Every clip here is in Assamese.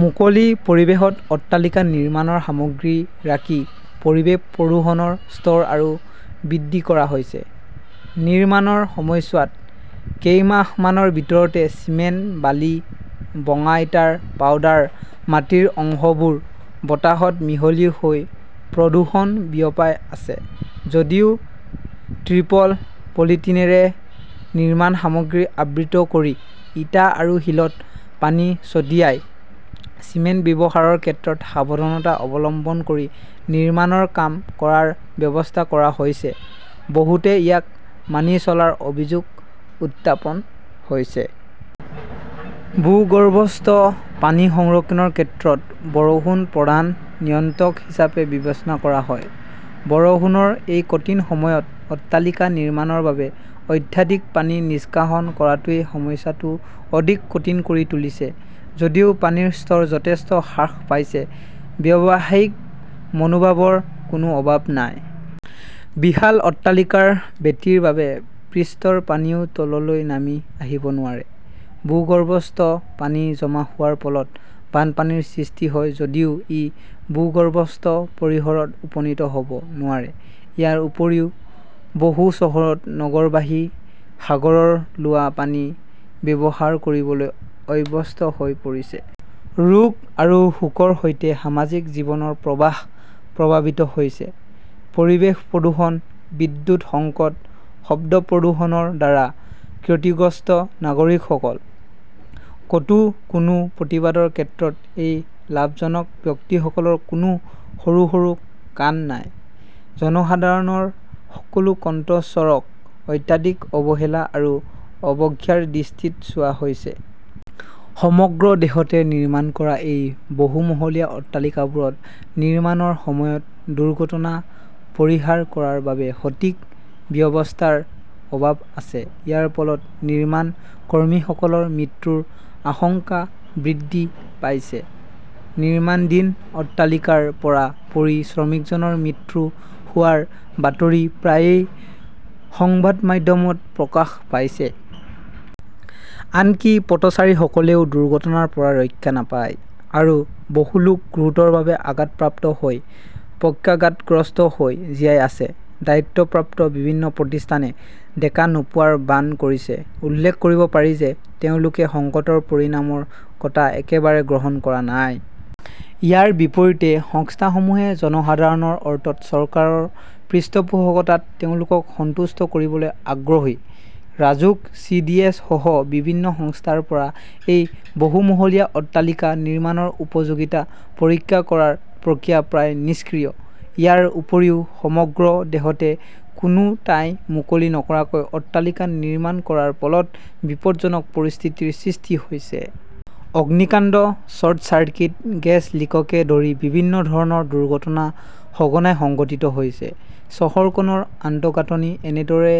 মুকলি পৰিৱেশত অট্টালিকা নিৰ্মাণৰ সামগ্ৰী ৰাখি পৰিৱেশ প্ৰদূষণৰ স্তৰ আৰু বৃদ্ধি কৰা হৈছে। নিৰ্মাণৰ সময়ছোৱাত কেইমাহমানৰ ভিতৰতে চিমেণ্ট-বালি-ভঙা ইটাৰ পাউডাৰ-মাটিৰ অংশবোৰ বতাহত মিহলি হৈ প্ৰদূষণ বিয়পাই আছে। যদিও ত্ৰিপল-পলিথিনৰে নিৰ্মাণ সামগ্ৰী আবৃত কৰি, ইটা আৰু শিলত পানী ছটিয়াই, চিমেণ্ট ব্যৱহাৰৰ ক্ষেত্ৰত সাৱধানতা অৱলম্বন কৰি নিৰ্মাণৰ কাম কৰাৰ ব্যৱস্থা কৰা হৈছে, বহুতে ইয়াক মানি চলাৰ অভিযোগ উত্থাপন হৈছে। ভূগৰ্ভস্থ পানী সংৰক্ষণৰ ক্ষেত্ৰত বৰষুণ প্ৰধান নিয়ন্ত্ৰক হিচাপে বিবেচনা কৰা হয়। বৰষুণৰ এই কঠিন সময়ত অট্টালিকা নিৰ্মাণৰ বাবে অত্যাধিক পানী নিষ্কাশন কৰাটোৱে সমস্যাটো অধিক কঠিন কৰি তুলিছে। যদিও পানীৰ স্তৰ যথেষ্ট হ্ৰাস পাইছে, ব্যৱসায়িক মনোভাৱৰ কোনো অভাৱ নাই। বিশাল অট্টালিকাৰ ভেটিৰ বাবে পৃষ্ঠৰ পানীও তললৈ নামি আহিব নোৱাৰে। ভূগৰ্ভস্থ পানী জমা হোৱাৰ ফলত বানপানীৰ সৃষ্টি হয় যদিও ই ভূগৰ্ভস্থ পৰিসৰত উপনীত হ'ব নোৱাৰে। ইয়াৰ উপৰিও, বহু চহৰত নগৰবাসী সাগৰৰ লোৱা পানী ব্যৱহাৰ কৰিবলৈ অভ্যস্ত হৈ পৰিছে। ৰোগ আৰু শোকৰ সৈতে সামাজিক জীৱনৰ প্ৰবাহ প্ৰভাৱিত হৈছে। পৰিৱেশ প্ৰদূষণ-বিদ্যুৎ সংকট-শব্দ প্ৰদূষণৰ দ্বাৰা ক্ষতিগ্ৰস্ত নাগৰিকসকল। ক'তো কোনো প্ৰতিবাদৰ ক্ষেত্ৰত এই লাভজনক ব্যক্তিসকলৰ কোনো সৰু সৰু কাণ নাই। জনসাধাৰণৰ সকলো কণ্ঠস্বৰক অত্যাধিক অৱহেলা আৰু অৱজ্ঞাৰ দৃষ্টিত চোৱা হৈছে। সমগ্ৰ দেশতে নিৰ্মাণ কৰা এই বহুমহলীয়া অট্টালিকাবোৰত নিৰ্মাণৰ সময়ত দুৰ্ঘটনা পৰিহাৰ কৰাৰ বাবে সঠিক ব্যৱস্থাৰ অভাৱ আছে। ইয়াৰ ফলত নিৰ্মাণ কৰ্মীসকলৰ মৃত্যুৰ আশংকা বৃদ্ধি পাইছে। নিৰ্মাণধীন অট্টালিকাৰ পৰা পৰি শ্ৰমিকজনৰ মৃত্যু হোৱাৰ বাতৰি প্ৰায়ে সংবাদ মাধ্যমত প্ৰকাশ পাইছে। আনকি পথচাৰীসকলেও দুৰ্ঘটনাৰ পৰা ৰক্ষা নাপায়। আৰু বহু লোক গুৰুতৰভাৱে আঘাতপ্ৰাপ্ত হৈ পক্ষাঘাতগ্ৰস্ত হৈ জীয়াই আছে। দায়িত্বপ্ৰাপ্ত বিভিন্ন প্ৰতিষ্ঠানে দেখা নোপোৱাৰ ভান কৰিছে। উল্লেখ কৰিব পাৰি যে তেওঁলোকে সংকটৰ পৰিণামৰ কথা একেবাৰে গ্ৰহণ কৰা নাই। ইয়াৰ বিপৰীতে, সংস্থাসমূহে জনসাধাৰণৰ অৰ্থত চৰকাৰৰ পৃষ্ঠপোষকতাত তেওঁলোকক সন্তুষ্ট কৰিবলৈ আগ্ৰহী। ৰাজুক-চি. ডি. এছ. -সহ বিভিন্ন সংস্থাৰ পৰা এই বহুমহলীয়া অট্টালিকা নিৰ্মাণৰ উপযোগিতা পৰীক্ষা কৰাৰ প্ৰক্ৰিয়া প্ৰায় নিষ্ক্ৰিয়। ইয়াৰ উপৰিও, সমগ্ৰ দেশতে কোনো ঠাই মুকলি নকৰাকৈ অট্টালিকা নিৰ্মাণ কৰাৰ ফলত বিপদজনক পৰিস্থিতিৰ সৃষ্টি হৈছে। অগ্নিকাণ্ড, শ্বৰ্ট চাৰ্কিট, গেছ লিককে ধৰি বিভিন্ন ধৰণৰ দুৰ্ঘটনা সঘনাই সংঘটিত হৈছে। চহৰখনৰ আন্তঃগাঁথনি এনেদৰে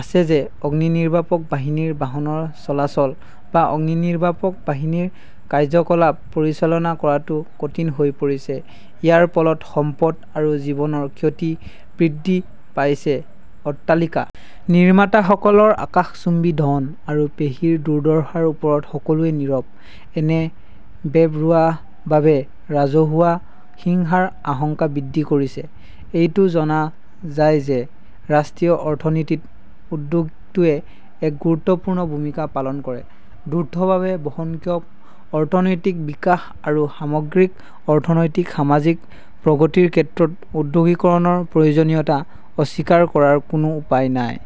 আছে যে অগ্নিনিৰ্বাপক বাহিনীৰ বাহনৰ চলাচল বা অগ্নিনিৰ্বাপক বাহিনীৰ কাৰ্য্যকলাপ পৰিচালনা কৰাটো কঠিন হৈ পৰিছে। ইয়াৰ ফলত সম্পদ আৰু জীৱনৰ ক্ষতি বৃদ্ধি পাইছে। অট্টালিকা নিৰ্মাতাসকলৰ আকাশচুম্বী ধন আৰু পেশীৰ দুৰ্দশাৰ ওপৰত সকলোৱে নীৰৱ। এনে বেপৰোৱাভাৱে ৰাজহুৱা হিংসাৰ আশংকা বৃদ্ধি কৰিছে। এইটো জনা যায় যে ৰাষ্ট্ৰীয় অৰ্থনীতিত উদ্যোগটোৱে এক গুৰুত্বপূৰ্ণ ভূমিকা পালন কৰে। দ্ৰুতভাৱে বহনক্ষম অৰ্থনৈতিক বিকাশ আৰু সামগ্ৰিক অৰ্থনৈতিক-সামাজিক প্ৰগতিৰ ক্ষেত্ৰত ঔদ্যোগিকৰণৰ প্ৰয়োজনীয়তা অস্বীকাৰ কৰাৰ কোনো উপায় নাই।